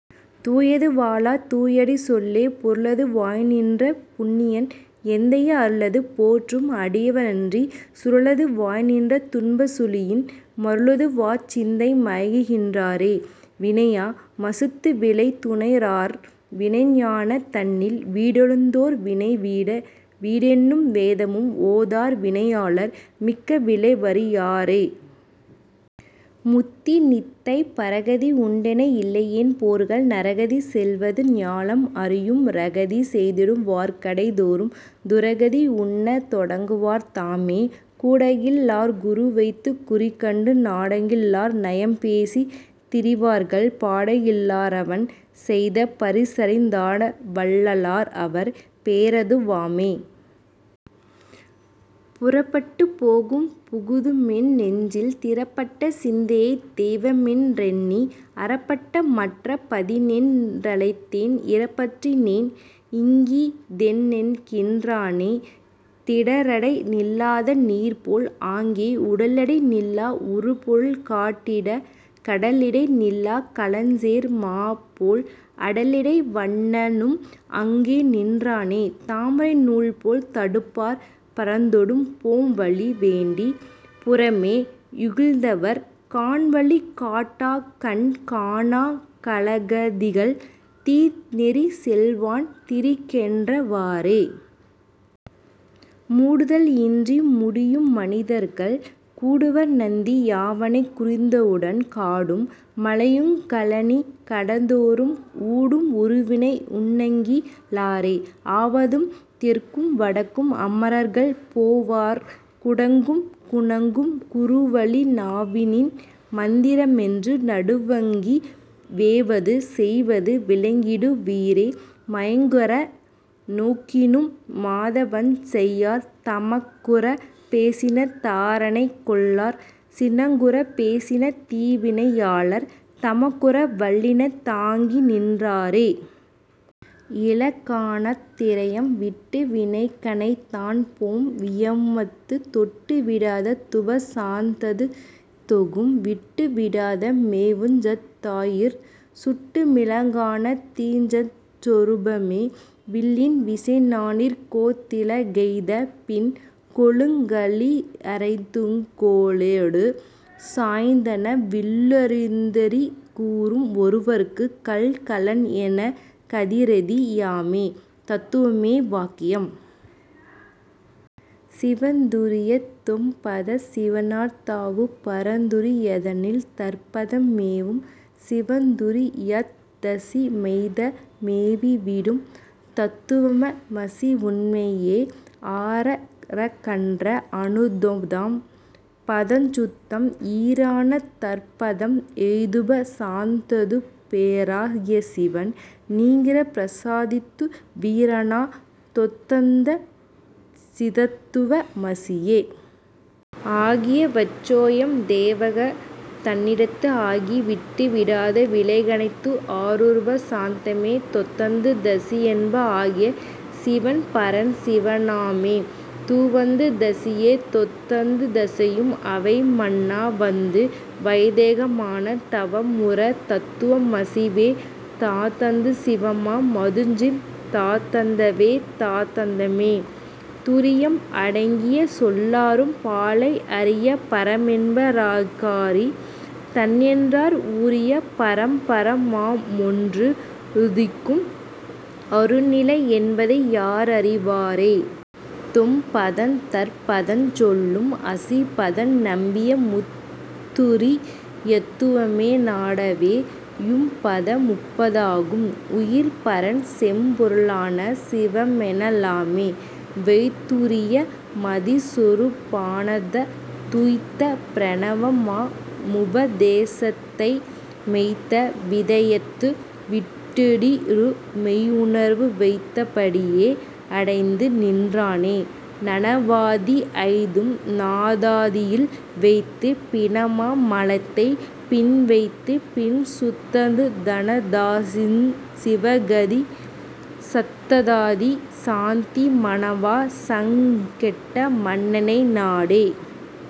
தூயது வாளா தூயடிச் சொல்லே. பொருளது வாய்நின்ற புண்ணியன் எந்தை அருளது போற்றும் அடியவ ரன்றிச் சுருளது வாய்நின்ற துன்பச் சுழியின் மருளது வாச்சிந்தை மயங்குகின் றாரே.. வினையா மசத்து விளை துணரார் வினைஞானந் தன்னில் வீடலுந் தேரார் வினைவிட வீடென்னும் வேதமும் ஓதார் வினையாளார் மிக்க விளைவறி யாரே.. முத்திநிந்தை. பரகதி யுண்டென இல்லையென் போர்கள் நரகதி செல்வது ஞாலம் அறியும் இரகதி செய்திடு வார்கடை தோறும் துரகதி யுண்ணத் தொடங்குவர் தாமே.. கூடகில் லார்குரு வைத்த குறிகண்டு நாடகில் லார்நயம் பேசித் திரிவர்கள் பாடகில் லாரவன் செய்த பரிசறிந் தாடவல் லாரவர் பேறெது வாமே.. புறப்பட்டுப் போகும் புகுதுமென் னெஞ்சில் திறப்பட்ட சிந்தையைப் தெய்வமென் றெண்ணி அறப்பட்ட மற்றப் பதியென் றழைத்தேன் இறப்பற்றி னேன்இங் கிதென்னென்கின் றானே. திடரடை நில்லாத நீர்போல் ஆங்கே உடலிடை நில்லா உறுபொருள் காட்டிட கடலிடை நில்லா கலஞ்சேரு மாபோல் அடலிடை வண்ணனும் அங்குநின் றானே.. தாமரை நூல்போல் தடுப்பார் பரந்தொடும் போம்வழி வேண்டிப் புறமே யுழிதர்வர் காண்வழி காட்டக்கண் காணாக் கலதிகள் தீநெறி செல்வான் திரிகின்ற வாறே.. மூடுதல் இன்றி முடியும் மனிதர்கள் கூடுவர் நந்தி யவனைக் குறிந்துவுடன் காடும் மலையுங் கழனி கடந்தோறும் ஊடும் உருவினை யஉன்னங்கி லாரே.. ஆவது தெற்கும் வடக்கும் அமரர்கள் போவார் குடக்கும் குணக்கும் குறுவழி நாவினின் மந்திர மென்று நடுவங்கி வேவது செய்து விளங்கிடு வீரே.. மயக்குற நோக்கினும் மாதவஞ் செய்யார் தமக்குறப் பேசின தாரணை கொள்ளார் சினக்குறப் பேசின தீவினை யாளர் தமக்குற வல்லினை தாங்கிநின் றாரே... இலக்கணாத் திரயம் விட்ட விலக்கணைதான்போம் வியோமத்துத் தொட்டு விடாத துபசாந்தத் தேதொகும் விட்டு விடாதது மேவுஞ்சத் தாதியிற் சுட்டு மிலக்கணா தீதஞ் சொருபமே.. வில்லின் விசைநாணிற்கோத்திலக்கெய்தபின் கொல்லுங் களிறைந்துங் கோலொடு சாய்ந்தன வில்லு ளிருந்தெறி கூரும் ஒருவற்குக் கல்கலன் என்னக் கதிரெதி யாமே... தத்துவமமே வாக்கியம். சீவ துரியத்துத் தொம்பதஞ் சீவனார் தாவு பரதுரி யத்தனில் தற்பதம் மேவு சிவதுரி யத்தசி மெய்ப்பத மோவி விடும் தத் துவமசி உண்மையே.. ஆறா றகன்ற அணுத்தொம் பதஞ்சுத்தம் ஈறான தற்பதம் எய்துப சாந்தத்துப் பேறா கியசீவன் நீங்கிப்பிர சாதத்து வீறான தொந்தத் சிதத்வ மசியே.. ஆகிய வச்சோயம் தேவகத் தன்னிடத்து ஆகிய விட்டு விடாத விலக்கணைத்து ஆருப சாந்தமே தொந்தத் தசியென்ப ஆகிய சீவன் பரன்சிவ னாமே.. துவந்தத் தசியே தொந்தத் தசியும் அவைமன்னா வந்து வயத்தேகமான தவமுறு தத்துவ மசிவே தாந்த சிவமா மதுஞ்சித் தாந்தவே தாந்தமே.. துரியம் அடங்கிய சொல்லறும் பாழை அரிய பரமென்ப ராகாரி தன்றென்னார் உரிய பரம்பர மாமொன் றுதிக்கும் அருநிலம் என்பதை யாரறி வாரே.. தொம்பதந் தற்பதஞ் சொல்லும் அசிபதம் நம்பிய முத்துரி யத்துமே னாடவே யும்பத மும்பத மாகும் உயிர்பரன் செம்பொரு ளான சிவமென லாமே.. வைத்த துரிய மதிற்சொரு பானந்தத் துய்த்த பிரணவ மாமுப தேசத்தை மெய்த்த விதயத்து விட்டிடு மெய்யுணர் வைத்த படியே யடைந்து நின்றானே.. நனவாதி ஐந்தையும் நாதாதியில் வைத்துப் பினமா மலத்தைப் பின்வைத்துப் பின்சுத்தத் தனதாஞ் சிவகதி சத்தாதி சாந்தி மனவா சங்கெட்ட மன்னனை நாடே..